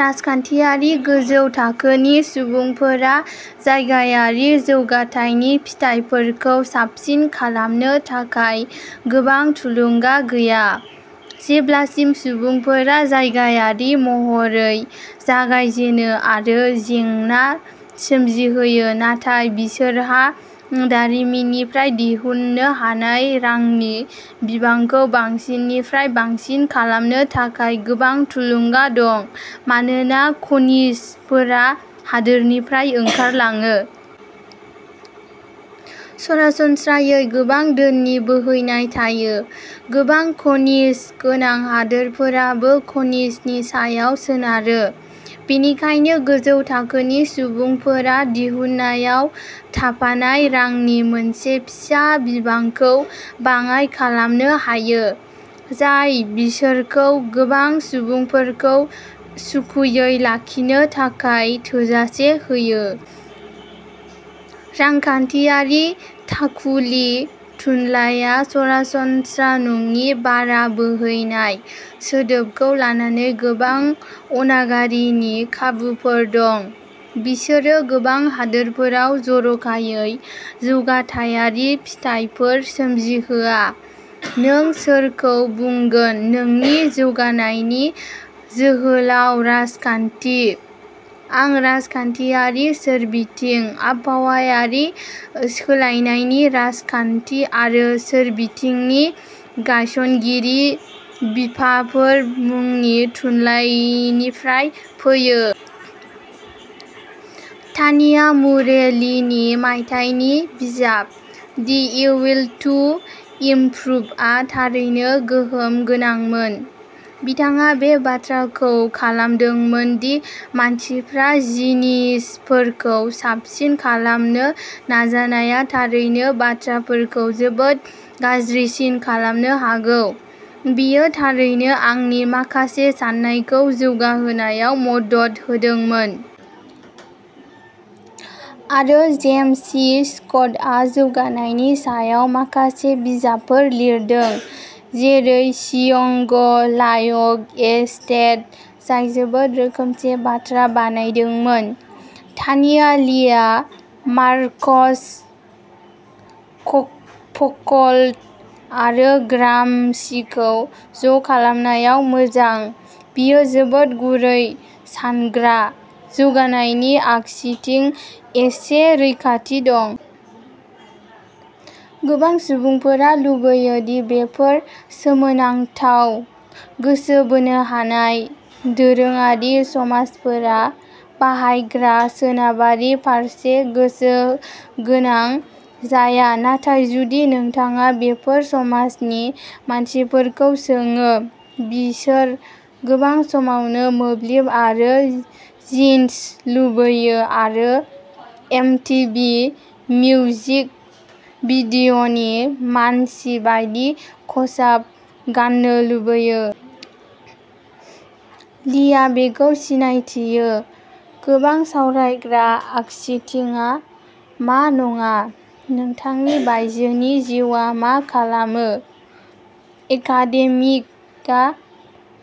राजखान्थियारि गोजौ थाखोनि सुबुंफोरहा जायगायारि जौगाथायनि फिथायफोरखौ साबसिन खालामनो थाखाय गोबां थुलुंगा गैया, जेब्लासिम सुबुंफोरा जायगायारि महरै जागायजेनो आरो जेंना सोमजिहोयो नाथाय बिसोरहा दारिमिननिफ्राय दिहुननो हानाय रांनि बिबांखौ बांसिननिफ्राय बांसिन खालामनो थाखाय गोबां थुलुंगा दं मानोना खनिजफोरा हादोरनिफ्राय ओंखारलाङो। सरासनस्रायै गोबां धोननि बोहैनाय थायो। गोबां खनिज गोनां हादोरफोराबो खनिजनि सायाव सोनारो। बेनिखायनो गोजौ थाखोनि सुबुंफोरा दिहुननायाव थाफानाय रांनि मोनसे फिसा बिबांखौ बाङाय खालामनो हायो, जाय बिसोरखौ गोबां सुबुंफोरखौ सुखुयै लाखिनो थाखाय थोजासे होयो। रांखान्थियारि थाखुलि थुनलाइआ 'सरासनस्रा नङि भारा बोहैनाय' सोदोबखौ लानानै गोबां अनागारिनि खाबुफोर दं। बिसोरो गोबां हादोरफोराव जर'खायै जौगाथायारि फिथायफोर सोमजिहोआ। नों सोरखौ बुंगोन नोंनि जौगानायनि जोहोलाव राजखान्थि? आं राजखान्थियारि सोरबिथिं, आबहावायारि सोलायनायनि राजखान्थि आरो सोरबिथिंनि गायसनगिरि बिफाफोर मुंनि थुनलाइनिफ्राय फैयो। तानिया मुरे लिनि मायथाइनि बिजाब, दि उइल टु इमप्रुभआ थारैनो गोहोम गोनांमोन। बिथाङा बे बाथ्राखौ खालामदोंमोन दि मानसिफ्रा जिनिसफोरखौ साबसिन खालामनो नाजानाया थारैनो बाथ्राफोरखौ जोबोद गाज्रिसिन खालामनो हागौ। बेयो थारैनो आंनि माखासे साननायखौ जौगाहोनायाव मदद होदोंमोन। आरो जेम्स सि स्क'टआ जौगानायनि सायाव माखासे बिजाबफोर लिरदों, जेरै सीइंग लाइक ए स्टेट, जाय जोबोद रोखोमसे बाथ्रा बानायदोंमोन। तानिया लिआ मार्क्स, फ'क'ल्ट आरो ग्रामसिखौ ज' खालामनायाव मोजां। बियो जोबोद गुरै सानग्रा। जौगानायनि आगसिथिं एसे रैखाथि दं। गोबां सुबुंफोरा लुबैयो दि बेफोर सोमोनांथाव, गोसो बोनो हानाय, दोरोङारि समाजफोरा बाहायग्रा सोनाबारि फारसे गोसो गोनां जाया, नाथाय जुदि नोंथाङा बेफोर समाजनि मानसिफोरखौ सोङो, बिसोर गोबां समावनो मोब्लिब आरो जिन्स लुबैयो आरो एमटिभि मिउजिक भिडिअ'नि मानसि बायदि खसाब गान्नो लुबैयो। लिआ बेखौ सिनायथियो। गोबां सावरायग्रा आगसिथिंआ मा नङा। नोंथांनि बायजोनि जिउआ मा खालामो? एकाडेमिका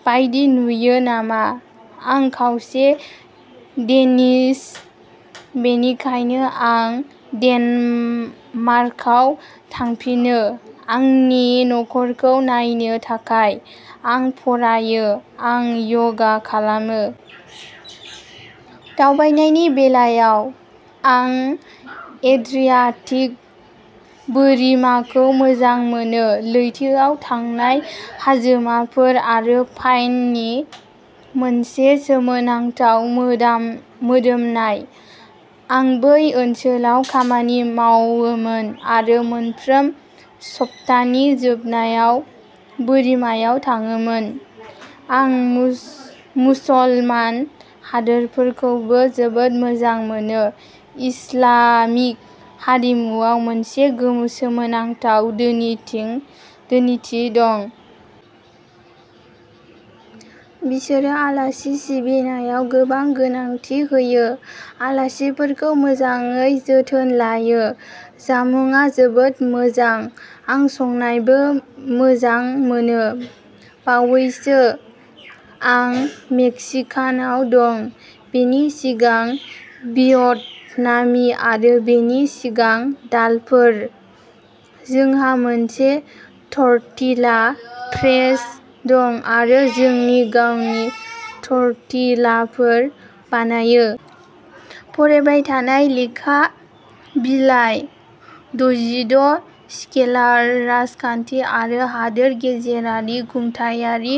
बायदि नुयो नामा? आं खावसे डेनिश, बेनिखायनो आं डेनमार्काव थांफिनो आंनि नखरखौ नायनो थाखाय। आं फरायो, आं यगा खालामो। दावबायनायनि बेलायाव, आं एड्रियाटिक बोरिमाखौ मोजां मोनो, लैथोआव थांनाय हाजोमाफोर आरो पाइननि मोनसे सोमोनांथाव मोदोमनाय। आं बै ओनसोलाव खामानि मावोमोन आरो मोनफ्रोम सप्तानि जोबनायाव बोरिमायाव थाङोमोन। आं मुसलमान हादोरफोरखौबो जोबोद मोजां मोनो, इस्लामिक हारिमुआव मोनसे गोमो सोमोनांथाव धोनिथिं धोनिथि दं। बिसोरो आलासि सिबिनायाव गोबां गोनांथि होयो, आलासिफोरखौ मोजाङै जोथोन लायो, जामुंआ जोबोद मोजां। आं संनायबो मोजां मोनो। बावैसो, आं मेक्सिकानआव दं। बेनि सिगां, भियतनामी आरो बेनि सिगां, दालफोर। जोंहा मोनसे टर्टिला प्रेस दं आरो जोंनि गावनि टर्टिलाफोर बानायो। फरायबाय थानाय लेखा बिलाइ द'जिद', स्केलार राजखान्थि आरो हादोर गेजेरारि खुंथायारि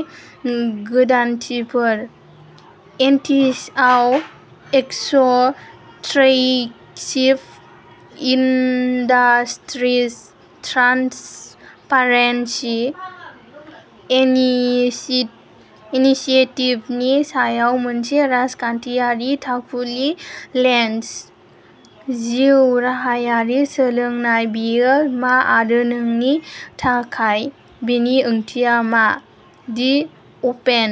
गोदानथिफोर, एन्डिजआव एक्सट्रैक्टिभ इन्डास्ट्रिज ट्रान्सपारेन्सि इनिसिएटिभनि सायाव मोनसे राजखान्थियारि थाखुलि लेन्स। जिउ राहायारि सोलोंनाय बेयो मा आरो नोंनि थाखाय बेनि ओंथिया मा? दि अपेन।